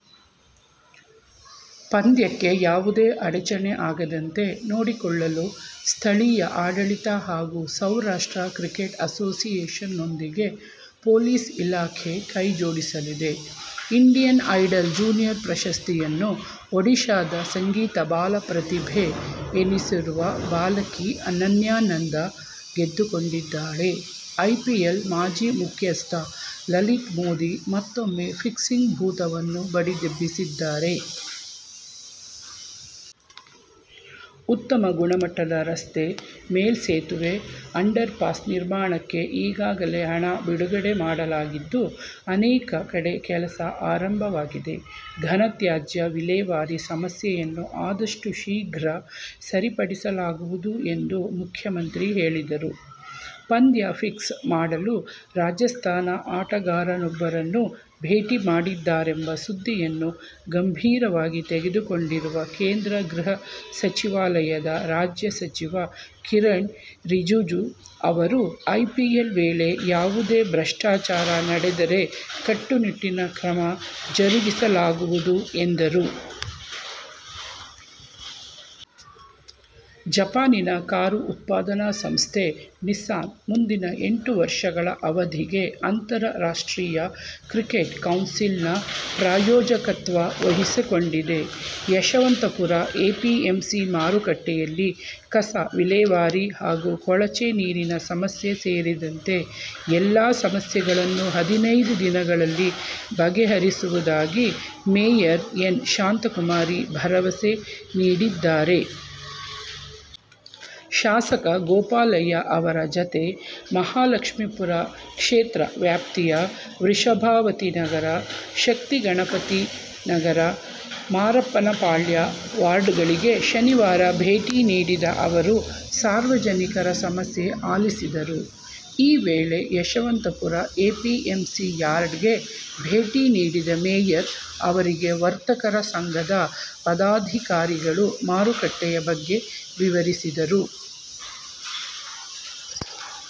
ಪಂದ್ಯಕ್ಕೆ ಯಾವುದೇ ಅಡಚಣೆ ಆಗದಂತೆ ನೋಡಿಕೊಳ್ಳಲು ಸ್ಥಳೀಯ ಆಡಳಿತ ಹಾಗೂ ಸೌರಾಷ್ಟ್ರ ಕ್ರಿಕೆಟ್ ಅಸೋಸಿಯೇಶನ್ನೊಂದಿಗೆ ಪೊಲೀಸ್ ಇಲಾಖೆ ಕೈಜೋಡಿಸಲಿದೆ. ಇಂಡಿಯನ್ ಐಡಲ್ ಜೂನಿಯರ್ ಪ್ರಶಸ್ತಿಯನ್ನು ಒಡಿಶಾದ ಸಂಗೀತ ಬಾಲ ಪ್ರತಿಭೆ ಎನಿಸಿರುವ ಬಾಲಕಿ ಅನನ್ಯಾ ನಂದಾ ಗೆದ್ದುಕೊಂಡಿದ್ದಾಳೆ. ಐಪಿಎಲ್ ಮಾಜಿ ಮುಖ್ಯಸ್ಥ ಲಲಿತ್ ಮೋದಿ ಮತ್ತೂಮ್ಮೆ ಫಿಕ್ಸಿಂಗ್ ಭೂತವನ್ನು ಬಡಿದೆಬ್ಬಿಸಿದ್ದಾರೆ. ಉತ್ತಮ ಗುಣಮಟ್ಟದ ರಸ್ತೆ, ಮೇಲ್ಸೆತುವೆ, ಅಂಡರ್ಪಾಸ್ ನಿರ್ಮಾಣಕ್ಕೆ ಈಗಾಗಲೇ ಹಣ ಬಿಡುಗಡೆ ಮಾಡಲಾಗಿದ್ದು, ಅನೇಕ ಕಡೆ ಕೆಲಸ ಆರಂಭವಾಗಿದೆ. ಘನತ್ಯಾಜ್ಯ ವಿಲೇವಾರಿ ಸಮಸ್ಯೆಯನ್ನು ಆದಷ್ಟು ಶೀಘ್ರ ಸರಿಪಡಿಸಲಾಗುವುದು ಎಂದು ಮುಖ್ಯಮಂತ್ರಿ ಹೇಳಿದರು. ಪಂದ್ಯ ಫಿಕ್ಸ್ ಮಾಡಲು ರಾಜಸ್ಥಾನ ಆಟಗಾರನೊಬ್ಬರನ್ನು ಭೇಟಿ ಮಾಡಿದ್ದಾರೆಂಬ ಸುದ್ದಿಯನ್ನು ಗಂಭೀರವಾಗಿ ತೆಗೆದುಕೊಂಡಿರುವ ಕೇಂದ್ರ ಗೃಹ ಸಚಿವಾಲಯದ ರಾಜ್ಯ ಸಚಿವ ಕಿರಣ್ ರಿಜಿಜು ಅವರು ಐಪಿಎಲ್ ವೇಳೆ ಯಾವುದೇ ಭ್ರಷ್ಟಾಚಾರ ನಡೆದರೆ ಕಟ್ಟುನಿಟ್ಟಿನ ಕ್ರಮ ಜರಗಿಸಲಾಗುವುದು ಎಂದರು. ಜಪಾನಿನ ಕಾರು ಉತ್ಪಾದನಾ ಸಂಸ್ಥೆ ನಿಸಾನ್ ಮುಂದಿನ ಎಂಟು ವರ್ಷಗಳ ಅವಧಿಗೆ ಅಂತಾರಾಷ್ಟ್ರೀಯ ಕ್ರಿಕೆಟ್ ಕೌನ್ಸಿಲ್ ನ ಪ್ರಾಯೋಜಕತ್ವ ವಹಿಸಿಕೊಂಡಿದೆ. ಯಶವಂತಪುರ ಎಪಿಎಂಸಿ ಮಾರುಕಟ್ಟೆಯಲ್ಲಿ ಕಸ ವಿಲೇವಾರಿ ಹಾಗೂ ಕೊಳಚೆ ನೀರಿನ ಸಮಸ್ಯೆ ಸೇರಿದಂತೆ ಎಲ್ಲಾ ಸಮಸ್ಯೆಗಳನ್ನೂ ಹದಿನೈದು ದಿನಗಳಲ್ಲಿ ಬಗೆಹರಿಸುವುದಾಗಿ ಮೇಯರ್ ಎನ್. ಶಾಂತಕುಮಾರಿ ಭರವಸೆ ನೀಡಿದ್ದಾರೆ. ಶಾಸಕ ಗೋಪಾಲಯ್ಯ ಅವರ ಜತೆ ಮಹಾಲಕ್ಷ್ಮೀಪುರ ಕ್ಷೇತ್ರ ವ್ಯಾಪ್ತಿಯ ವೃಷಭಾವತಿನಗರ, ಶಕ್ತಿ ಗಣಪತಿನಗರ, ಮಾರಪ್ಪನ ಪಾಳ್ಯ ವಾರ್ಡ್ಗಳಿಗೆ ಶನಿವಾರ ಭೇಟಿ ನೀಡಿದ ಅವರು ಸಾರ್ವಜನಿಕರ ಸಮಸ್ಯೆ ಆಲಿಸಿದರು. ಈ ವೇಳೆ ಯಶವಂತಪುರ ಎಪಿಎಂಸಿ ಯಾರ್ಡ್ಗೆ ಭೇಟಿ ನೀಡಿದ ಮೇಯರ್ ಅವರಿಗೆ ವರ್ತಕರ ಸಂಘದ ಪದಾಧಿಕಾರಿಗಳು ಮಾರುಕಟ್ಟೆಯ ಬಗ್ಗೆ ವಿವರಿಸಿದರು.